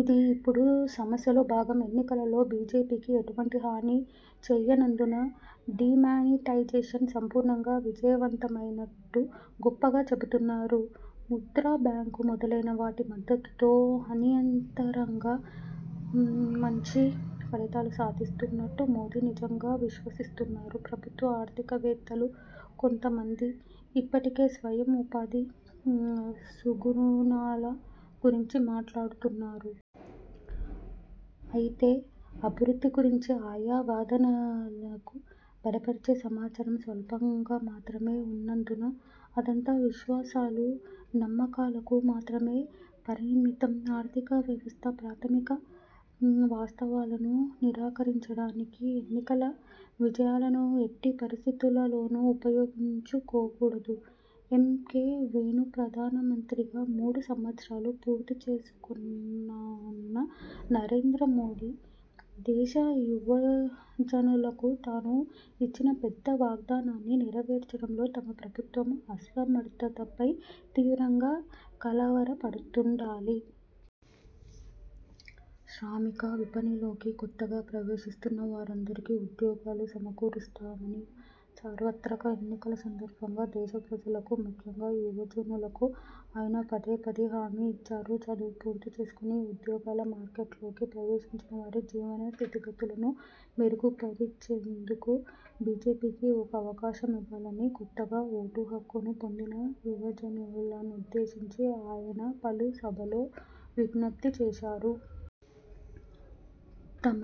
ఇది ఇప్పుడు సమస్యలో భాగం. ఎన్నికలలో బీజేపీకి ఎటువంటి హాని చేయనందున డీమానిటైజేషన్ సంపూర్ణంగా విజయవంతమయినట్టు గొప్పగా చెబుతున్నారు. ముద్రాబ్యాంకు మొదలైన వాటి మద్దతుతో అనియతరంగం మంచి ఫలితాలు సాధిస్తున్నుట్టు మోదీ నిజంగా విశ్వసిస్తున్నారు. ప్రభుత్వ ఆర్థికవేత్తలు కొంత మంది ఇప్పటికే స్వయం ఉపాధి సుగుణాల గురించి మాట్లాడుతున్నారు. అయితే అభివృద్ధి గురించి ఆయా వాదనలకు బలపరిచే సమాచారం స్వల్పంగా మాత్రమే వున్నందున అదంతా విశ్వాసాలు, నమ్మకాలకు మాత్రమే పరిమితం. ఆర్థిక వ్యవస్థ ప్రాథమిక వాస్తవాలను నిరాకరించడానికి ఎన్నికల విజయాలను ఎట్టి పరిస్థితులలోను ఉపయోగించుకోకూడదు. ఎమ్. కె. వేణుప్రధానమంత్రిగా మూడు సంవత్సరాలు పూర్తిచేసుకోనున్న నరేంద్రమోదీ దేశ యువజనులకు తాను ఇచ్చిన ఒక పెద్ద వాగ్దానాన్ని నెరవేర్చడంలో తమ ప్రభుత్వ అసమర్థతపై తీవ్రంగా కలవరపడుతుండాలి. శ్రామిక విపణిలోకి కొత్తగా ప్రవేశిస్తున్న వారందరికీ ఉద్యోగాలు సమకూరుస్తామని సార్వత్రక ఎన్నికల సందర్భంగా దేశ ప్రజలకు ముఖ్యంగా యువజనులకు ఆయన పదే పదే హామీ ఇచ్చారు. చదువు పూర్తిచేసుకొని ఉద్యోగాల మార్కెట్లోకి ప్రవేశించిన వారి జీవన స్థితిగతులను మెరుగురిచేందుకు బీజేపీకి ఒక అవకాశం ఇవ్వాలని కొత్తగా ఓటుహక్కును పొందిన యువజనులనుద్దేశించి ఆయన పలు సభల్లో విజ్ఞప్తి చేశారు. 'తమ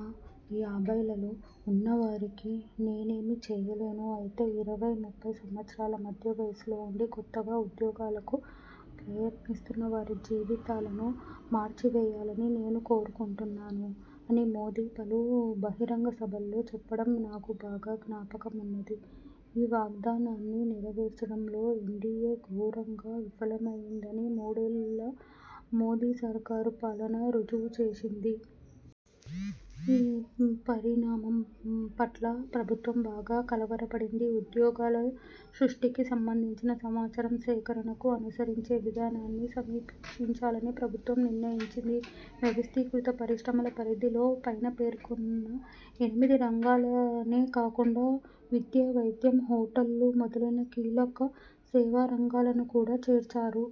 యాభైలలో వున్నవారికి నేనేమీ చేయలేను. అయితే ఇరవై–ముప్పై సంవత్సరాల మధ్య వయస్సులోవుండి కొత్తగా ఉద్యోగాలకు ప్రయత్నిస్తున్న వారి జీవితాలను మార్చివేయాలని నేను కోరుకుంటున్నాను' అని మోదీ పలు బహిరంగసభల్లో చెప్పడం నాకు బాగా జ్ఞాపకమున్నది. ఈ వాగ్దానాన్ని నెరవేర్చడంలో ఎన్డీఏ ఘోరంగా విఫలమయిందని మూడేళ్ళ మోదీ సర్కార్ పాలన రుజువుచేసింది. ఈ పరిణామం పట్ల ప్రభుత్వం బాగా కలవరపడింది. ఉద్యోగాల సృష్టికి సంబంధించిన సమాచారం సేకరణకు అనుసరించే విధానాన్ని సమీక్షించాలని ప్రభుత్వం నిర్ణయించింది. వ్యవస్థీకృత పరిశ్రమల పరిధిలో పైన పేర్కొన్న ఎనిమిది రంగాలనే కాకుండా విద్య, వైద్యం, హోటళ్ళు మొదలైన కీలక సేవా రంగాలను కూడా చేర్చారు.